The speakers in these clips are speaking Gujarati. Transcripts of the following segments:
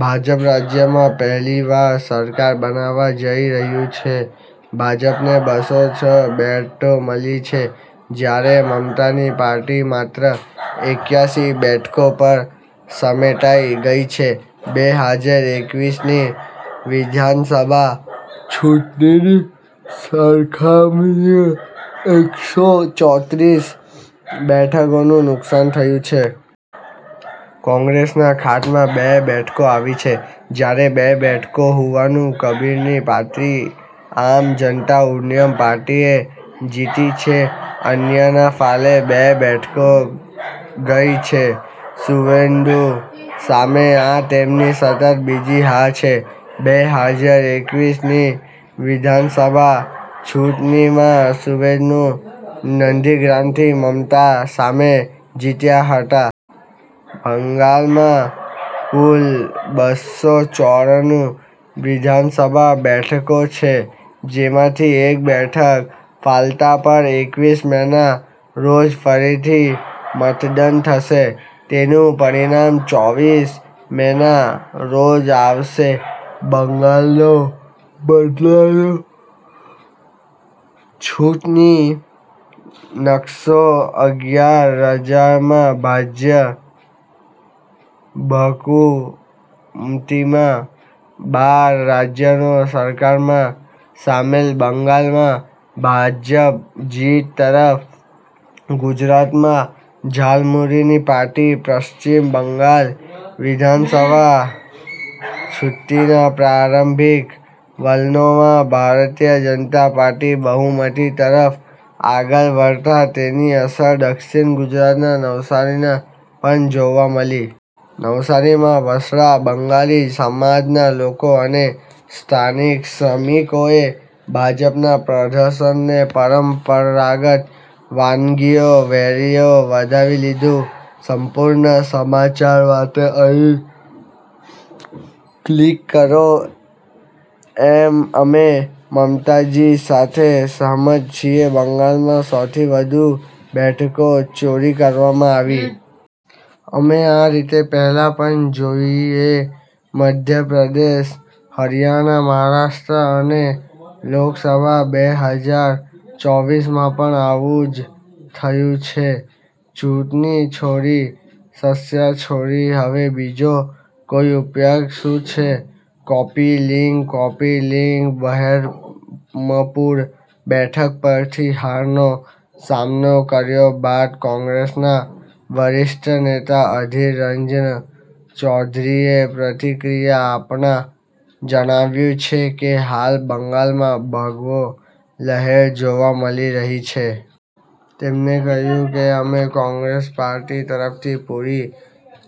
ભાજપ રાજ્યમાં પહેલીવાર સરકાર બનાવવા જઈ રહ્યું છે. ભાજપને બસો છ બેઠકો મળી છે, જ્યારે મમતાની પાર્ટી માત્ર એક્યાસી બેઠકો પર સમેટાઈ ગઈ છે. બે હાજર એકવીસની વિધાનસભા ચૂંટણીની સરખામણીએ એકસો ચોત્રીસ બેઠકોનું નુકસાન થયું છે. કોંગ્રેસના ખાતામાં બે બેઠકો આવી છે, જ્યારે બે બેઠકો હુમાયુ કબીરની પાર્ટી 'આમ જનતા ઉન્નયન પાર્ટી'એ જીતી છે. અન્યના ફાળે બે બેઠકો ગઈ છે. સુવેન્દુ સામે આ તેમની સતત બીજી હાર છે. બે હાજર એકવીસ ની વિધાનસભા ચૂંટણીમાં સુવેન્દુ નંદીગ્રામથી મમતા સામે જીત્યા હતા. બંગાળમાં કુલ બસો ચોરાણું વિધાનસભા બેઠકો છે, જેમાંથી એક બેઠક ફાલતા પર એકવીસ મેના રોજ ફરીથી મતદાન થશે. તેનું પરિણામ ચોવીસ મેના રોજ આવશે. બંગાળનો બદલાતો ચૂંટણી નકશો અગિયાર રાજ્યોમાં ભાજપ બહુમતીમાં, બાર રાજ્યોમાં સરકારમાં સામેલ બંગાળમાં ભાજપ જીત તરફ, ગુજરાતમાં ઝાલમુરીની પાર્ટી પશ્ચિમ બંગાળ વિધાનસભા ચૂંટણીના પ્રારંભિક વલણોમાં ભારતીય જનતા પાર્ટી બહુમતી તરફ આગળ વધતા તેની અસર દક્ષિણ ગુજરાતના નવસારીમાં પણ જોવા મળી. નવસારીમાં વસતા બંગાળી સમાજના લોકો અને સ્થાનિક શ્રમિકોએ ભાજપના પ્રદર્શનને પરંપરાગત વાનગીઓ વહેંચીને વધાવી લીધું. સંપૂર્ણ સમાચાર માટે અહીં ક્લિક કરો.. અમે મમતાજી સાથે સહમત છીએ. બંગાળમાં સો થી વધુ બેઠકો ચોરી કરવામાં આવી. અમે આ રીત પહેલા પણ જોઈ છે- મધ્ય પ્રદેશ, હરિયાણા, મહારાષ્ટ્ર અને લોકસભા બે હાજર ચોવીસ માં પણ આવું જ થયું છે. ચૂંટણી ચોરી, સંસ્થા ચોરી હવે બીજો કોઈ ઉપાય શું છે. Copy link copy link Baharampur બેઠક પરથી હારનો સામનો કર્યા બાદ કોંગ્રેસના વરિષ્ઠ નેતા અધીર રંજન ચૌધરીએ પ્રતિક્રિયા આપતા જણાવ્યું છે કે, હાલ બંગાળમાં ભગવો લહેર જોવા મળી રહી છે. તેમણે કહ્યું કે, અમે કોંગ્રેસ પાર્ટી તરફથી પૂરી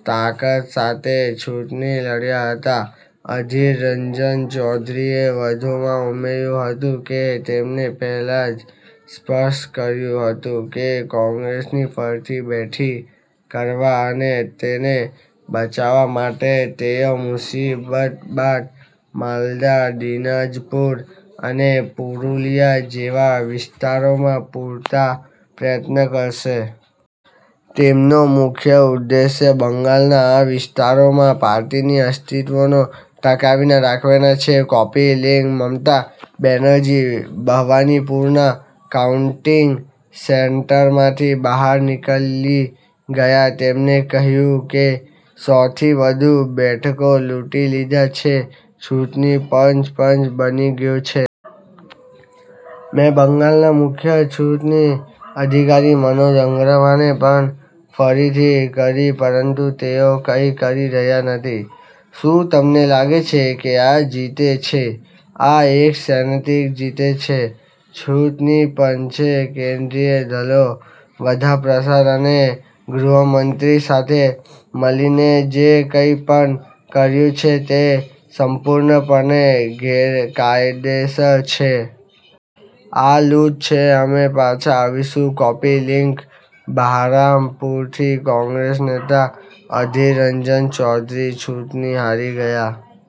તાકાત સાથે ચૂંટણી લડ્યા હતા. અધીર રંજન ચૌધરીએ વધુમાં ઉમેર્યું હતું કે, તેમણે પહેલા જ સ્પષ્ટ કર્યું હતું કે કોંગ્રેસને ફરીથી બેઠી કરવા અને તેને બચાવવા માટે તેઓ મુર્શિદાબાદ, માલદા, દિનાજપુર અને પુરુલિયા જેવા વિસ્તારોમાં પૂરતા પ્રયત્નો કરશે. તેમનો મુખ્ય ઉદ્દેશ્ય બંગાળના આ વિસ્તારોમાં પાર્ટીના અસ્તિત્વને ટકાવી રાખવાનો છે. કૉપી લિંક મમતા બેનર્જી ભવાનીપુરના કાઉન્ટિંગ સેન્ટરમાંથી બહાર નીકળી ગયા. તેમણે કહ્યું કે, સો થી વધુ બેઠકો લૂંટી લીધી છે. ચૂંટણી પંચ, પંચ બની ગયું છે. મેં બંગાળના મુખ્ય ચૂંટણી અધિકારી મનોજ અગ્રવાલને પણ ફરિયાદ કરી. પરંતુ તેઓ કંઈ કરી રહ્યા નથી. શું તમને લાગે છે કે આ જીત છે? આ એક અનૈતિક જીત છે. ચૂંટણી પંચે કેન્દ્રીય દળો, વડાપ્રધાન અને ગૃહમંત્રી સાથે મળીને જે કંઈ પણ કર્યું છે તે સંપૂર્ણપણે ગેરકાયદેસર છે. આ લૂંટ છે, અમે પાછા આવીશું. કૉપી લિંક બહરામપુરથી કોંગ્રેસ નેતા અધીર રંજન ચૌધરી ચૂંટણી હારી ગયા.